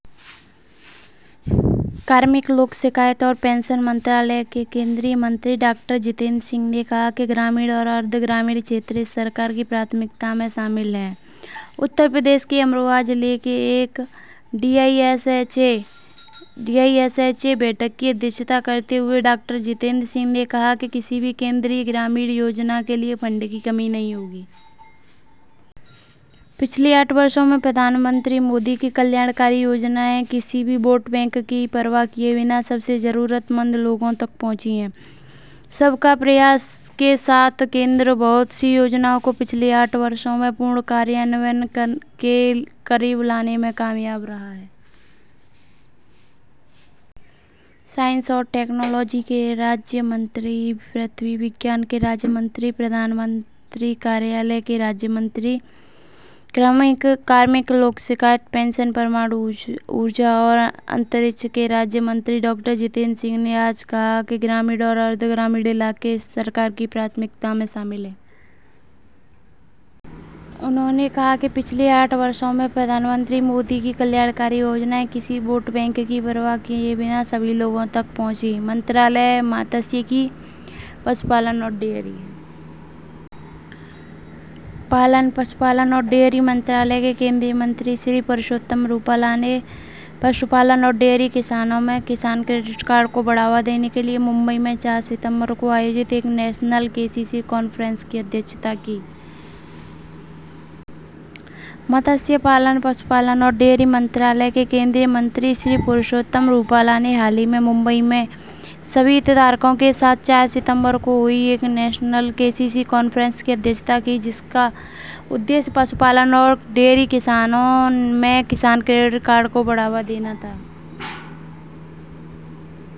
عملے، عوامی شکایات اور پنشن کی وزارت مرکزی وزیر ڈاکٹر جتیندر سنگھ نے کہا ہے کہ دیہی اور نیم دیہی علاقے اس حکومت کی ترجیح میں شامل ہیں۔ اتر پردیش کے امروہہ ضلع میں ایک D I S H A meeting کی صدارت کرتے ہوئے ڈاکٹر جتیندر سنگھ نے کہا کہ کسی بھی مرکزی دیہی اسکیم کے لیے فنڈ کی کمی نہیں ہوگی۔ گزشتہ آٹھ برسوں میں وزیر اعظم مودی کی بہبودی اسکیمیں کسی ووٹ بینک سے قطع نظر ضرورت مند ترین افراد تک پہنچی ہیں۔ "سب کا پریاس" کے ساتھ مرکز بہت سی اسکیموں کو گزشتہ آٹھ برسوں میں مکمل نفاذ کے قریب لانے میں کامیاب ہے۔ سائنس اور ٹیکنالوجی کے وزیر مملکت، ارضیاتی سائنس کے وزیر مملکت، وزیر اعظم کے دفتر میں وزیر مملکت، عملے، شکایات عامہ اور پنشن، ایٹمی توانائی اور خلاء کے وزیر مملکت ڈاکٹر جتیندر سنگھ نے آج کہا کہ دیہی اور نیم دیہی علاقے اس حکومت کی ترجیح میں شامل ہیں۔ انھوں نے کہا کہ گزشتہ آٹھ برسوں میں وزیر اعظم مودی کی بہبودی اسکیمیں کسی ووٹ بینک سے قطع نظر تمام لوگوں تک پہنچی ہیں۔ وزارت ماہی پروری، مویشی پروری و ڈیری ماہی گیری، مویشی پروری اور ڈیری کے محکمے کے مرکزی وزیر جناب پرشوتم روپالا نے مویشی پروری اور ڈیری کسانوں میں کسان کریڈٹ کارڈ کو فروغ دینے کے لیے ممبئی میں چار ستمبر کو ہوئی ایک national K C C conference کی صدارت کی۔ ماہی گیری، مویشی پروری اور ڈیری کے محکمے کے مرکزی وزیر جناب پرشوتم روپالا نے سبھی شراکت داروں کے ساتھ حال ہی میں ممبئی میں چار ستمبر کو ہوئی ایک national K C C conference کی صدارت کی، جس کا مقصد مویشی پروری اور ڈیری کسانوں میں کسان کریڈٹ کارڈ کو فروغ دینا تھا۔